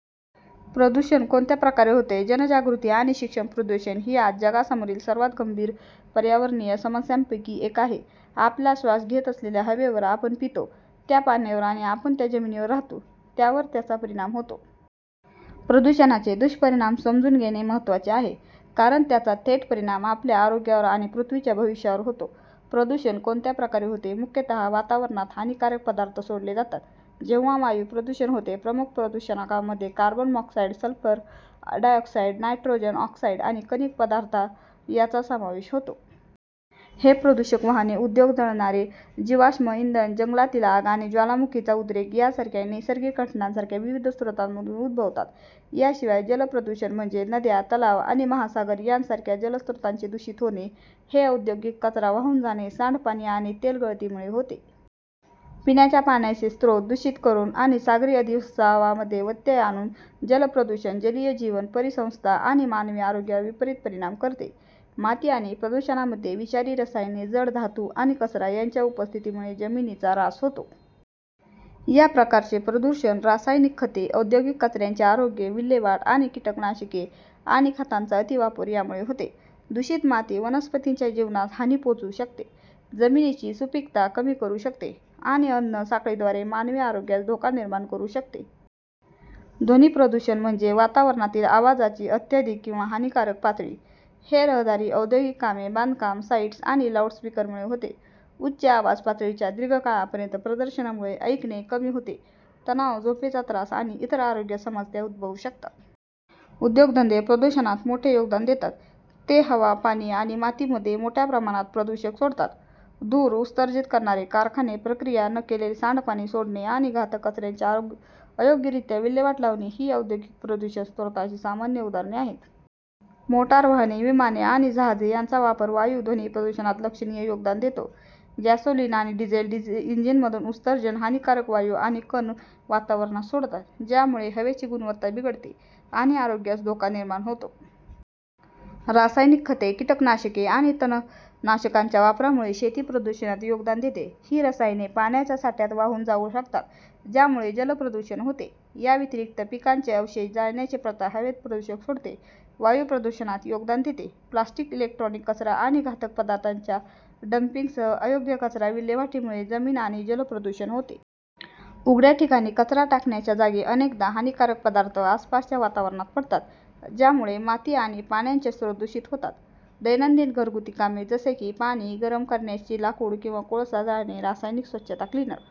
प्रदूषण कोणत्या प्रकारे होते, जनजागृती आणि शिक्षण. प्रदूषण ही आज जगासमोरील सर्वात गंभीर पर्यावरणीय समस्यांपैकी एक आहे. आपण श्वास घेत असलेल्या हवेवर, आपण पितो त्या पाण्यावर आणि आपण ज्या जमिनीवर राहतो त्यावर त्याचा परिणाम होतो. प्रदूषणाचे दुष्परिणाम समजून घेणे महत्त्वाचे आहे, कारण त्याचा थेट परिणाम आपल्या आरोग्यावर आणि पृथ्वीच्या भविष्यावर होतो. प्रदूषण कोणत्या प्रकारे होते. मुख्यतः वातावरणात हानिकारक पदार्थ सोडले जातात तेव्हा वायू प्रदूषण होते. प्रमुख प्रदूषकांमध्ये carbon monoxide, sulphur dioxide, nitrogen oxide आणि कणिक पदार्थ यांचा समावेश होतो. हे प्रदूषक वाहने, उद्योग, जळणारे जीवाश्म इंधन, जंगलातील आग आणि ज्वालामुखीचा उद्रेक यासारख्या नैसर्गिक घटनांसारख्या विविध स्रोतांमधून उद्भवतात. याशिवाय, जलप्रदूषण म्हणजे नद्या, तलाव आणि महासागर यांसारख्या जलस्रोतांचे दूषित होणे. हे औद्योगिक कचरा वाहून जाणे, सांडपाणी आणि तेल गळतीमुळे होते. पिण्याच्या पाण्याचे स्रोत दूषित करून आणि सागरी अधिवासांमध्ये व्यत्यय आणून जलप्रदूषण जलीय जीवन, परिसंस्था आणि मानवी आरोग्यावर विपरीत परिणाम करते. माती प्रदूषणामध्ये विषारी रसायने, जड धातू आणि कचरा यांच्या उपस्थितीमुळे जमिनीचा ऱ्हास होतो. या प्रकारचे प्रदूषण रासायनिक खते, औद्योगिक कचऱ्याची अयोग्य विल्हेवाट आणि कीटकनाशके आणि खतांचा अतिवापर यामुळे होते. दूषित माती वनस्पतींच्या जीवनास हानी पोहोचवू शकते, जमिनीची सुपीकता कमी करू शकते आणि अन्न साखळीद्वारे मानवी आरोग्यास धोका निर्माण करू शकते. ध्वनी प्रदूषण म्हणजे वातावरणातील आवाजाची अत्यधिक किंवा हानिकारक पातळी. हे रहदारी, औद्योगिक कामे, बांधकाम साइट्स आणि लाऊडस्पीकरमुळे होते. उच्च आवाज पातळीच्या दीर्घकाळापर्यंत प्रदर्शनामुळे ऐकणे कमी होते, तणाव, झोपेचा त्रास आणि इतर आरोग्य समस्या उद्भवू शकतात. उद्योगधंदे प्रदूषणात मोठे योगदान देतात. ते हवा, पाणी आणि मातीमध्ये मोठ्या प्रमाणात प्रदूषक सोडतात. धूर उत्सर्जित करणारे कारखाने, प्रक्रिया न केलेले सांडपाणी सोडणे आणि घातक कचऱ्याची अयोग्यरित्या विल्हेवाट लावणे ही औद्योगिक प्रदूषण स्रोतांची सामान्य उदाहरणे आहेत. मोटार वाहने, विमाने आणि जहाजे यांचा वापर वायू आणि ध्वनी प्रदूषणात लक्षणीय योगदान देतो. गॅसोलीन आणि डिझेल इंजिनमधून उत्सर्जन हानिकारक वायू आणि कण वातावरणात सोडतात, ज्यामुळे हवेची गुणवत्ता बिघडते आणि आरोग्यास धोका निर्माण होतो. रासायनिक खते, कीटकनाशके आणि तणनाशकांच्या वापरामुळे शेती प्रदूषणात योगदान देते. ही रसायने पाण्याच्या साठ्यात वाहून जाऊ शकतात, ज्यामुळे जलप्रदूषण होते. याव्यतिरिक्त, पिकांचे अवशेष जाळण्याची प्रथा हवेत प्रदूषक सोडते, वायू प्रदूषणात योगदान देते. प्लास्टिक, इलेक्ट्रॉनिक कचरा आणि घातक पदार्थांच्या डंपिंगसह अयोग्य कचरा विल्हेवाटीमुळे जमीन आणि जल प्रदूषण होते. उघड्या ठिकाणी कचरा टाकण्याच्या जागी अनेकदा हानिकारक पदार्थ आसपासच्या वातावरणात पडतात, ज्यामुळे माती आणि पाण्याचे स्रोत दूषित होतात. दैनंदिन घरगुती कामे जसे की पाणी गरम करण्यासाठी लाकूड किंवा कोळसा जाळणे, रासायनिक स्वच्छता क्लिनर.